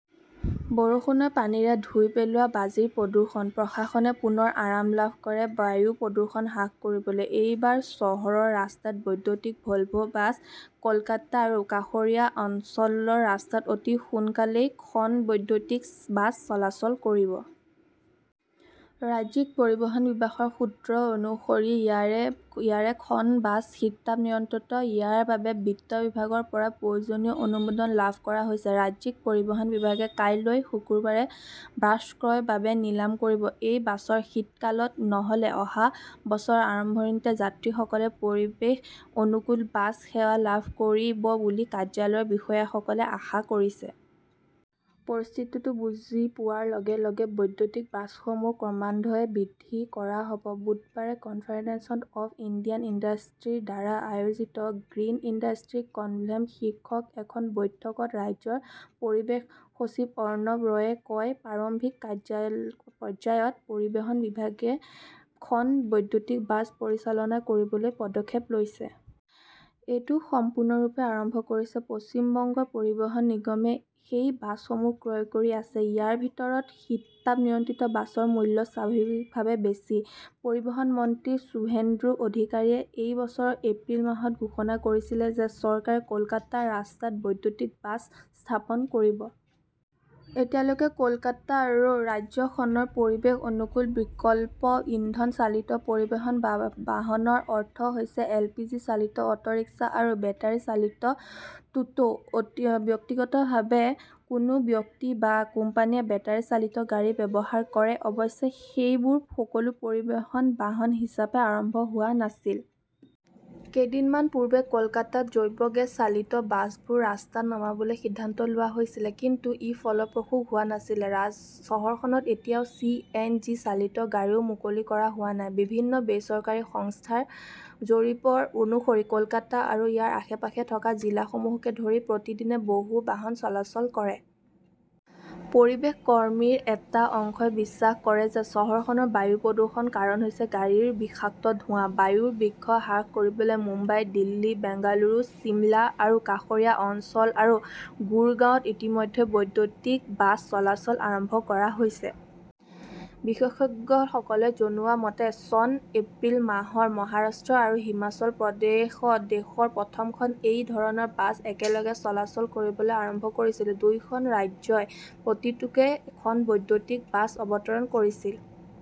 বৰষুণৰ পানীৰে ধুই পেলোৱা বাজিৰ প্ৰদূষণ, প্ৰশাসনে পুনৰ আৰাম লাভ কৰে বায়ু প্ৰদূষণ হ্ৰাস কৰিবলৈ এইবাৰ চহৰৰ ৰাস্তাত বৈদ্যুতিক ভলভো বাছ। কলকাতা আৰু কাষৰীয়া অঞ্চলৰ ৰাস্তাত অতি সোনকালেই খন বৈদ্যুতিক বাছ চলাচল কৰিব। ৰাজ্যিক পৰিবহণ বিভাগৰ সূত্ৰই জনোৱা অনুসৰি ইয়াৰে খন বাছ শীতাতপ নিয়ন্ত্ৰিত। ইয়াৰ বাবে বিত্ত বিভাগৰ পৰা প্ৰয়োজনীয় অনুমোদন লাভ কৰা হৈছে। ৰাজ্যিক পৰিবহণ বিভাগে কাইলৈ, শুক্ৰবাৰে বাছ ক্ৰয়ৰ বাবে নিলাম কৰিব। এই বছৰৰ শীতকালত, নহলে অহা বছৰৰ আৰম্ভণিতে যাত্ৰীসকলে পৰিৱেশ অনুকূল বাছ সেৱা লাভ কৰিব বুলি কাৰ্যালয়ৰ বিষয়াসকলে আশা কৰিছে। পৰিস্থিতিটো বুজি পোৱাৰ লগে-লগে বৈদ্যুতিক বাছসমূহ ক্ৰমান্বয়ে বৃদ্ধি কৰা হব। বুধবাৰে কনফেডাৰেচন অৱ ইণ্ডিয়ান ইণ্ডাষ্ট্ৰী ৰ দ্বাৰা আয়োজিত 'গ্ৰীণ ইণ্ডাষ্ট্ৰী কনক্লেভ শীৰ্ষক এখন বৈঠকত ৰাজ্যৰ পৰিৱেশ সচিব অৰ্ণব ৰয়ে কয়, প্ৰাৰম্ভিক পৰ্যায়ত পৰিবহণ বিভাগে খন বৈদ্যুতিক বাছ পৰিচালনা কৰিবলৈ পদক্ষেপ লৈছে। এইটো সম্পূৰ্ণৰূপে আৰম্ভ হৈছে। পশ্চিম বংগ পৰিবহণ নিগমে সেই বাছ সমূহ ক্ৰয় কৰি আছে। ইয়াৰ ভিতৰত শীতাতাপ নিয়ন্ত্ৰিত বাছৰ মূল্য স্বাভাৱিকভাৱেই বেছি। পৰিবহণ মন্ত্ৰী সুভেন্দু অধিকাৰীয়ে এই বছৰৰ এপ্ৰিল মাহত ঘোষণা কৰিছিল যে চৰকাৰে কলকাতাৰ ৰাস্তাত বৈদ্যুতিক বাছ স্থাপন কৰিব। এতিয়ালৈকে, কলকাতা আৰু ৰাজ্যখনত পৰিৱেশ-অনুকূল বিকল্প ইন্ধন-চালিত পৰিবহণ বাহনৰ অৰ্থ হৈছে এলপিজি-চালিত অটোৰিক্সা আৰু বেটাৰী-চালিত টোটো। ব্যক্তিগতভাৱে কোনো ব্যক্তি বা কোম্পানীয়ে বেটাৰী চালিত গাড়ী ব্যৱহাৰ কৰে। অৱশ্যে, সেইবোৰ সকলো পৰিবহণ বাহন হিচাপে আৰম্ভ হোৱা নাছিল। কেইদিনমান পূৰ্বে কলকাতাত জৈৱ গেছ চালিত বাছবোৰ ৰাস্তাত নামাবলৈ সিদ্ধান্ত লোৱা হৈছিল। কিন্তু ই ফলপ্ৰসূ হোৱা নাছিল। চহৰখনত এতিয়াও চি. এন. জি. -চালিত গাড়ীও মুকলি কৰা হোৱা নাই। বিভিন্ন বেচৰকাৰী সংস্থাৰ জৰীপ অনুসৰি, কলকাতা আৰু ইয়াৰ আশে-পাশে থকা জিলাসমূহকে ধৰি প্ৰতিদিনে বহু বাহন চলাচল কৰে। পৰিৱেশ কৰ্মীৰ এটা অংশই বিশ্বাস কৰে যে চহৰখনৰ বায়ু প্ৰদূষণৰ কাৰণ হৈছে গাড়ীৰ বিষাক্ত ধোঁৱা। বায়ুৰ বিষ হ্ৰাস কৰিবলৈ মুম্বাই, দিল্লী, বেংগালুৰু, চিমলা আৰু কাষৰীয়া অঞ্চল আৰু গুৰগাঁৱত ইতিমধ্যে বৈদ্যুতিক বাছ চলাচল আৰম্ভ কৰা হৈছে। বিশেষজ্ঞসকলে জনোৱা মতে, চন এপ্ৰিল মাহত মহাৰাষ্ট্ৰ আৰু হিমাচল প্ৰদেশত দেশৰ প্ৰথমখন এই ধৰণৰ বাছ একেলগে চলাচল কৰিবলৈ আৰম্ভ কৰিছিল। দুয়োখন ৰাজ্যই প্ৰতিটোতে খন বৈদ্যুতিক বাছ অৱতৰণ কৰিছিল।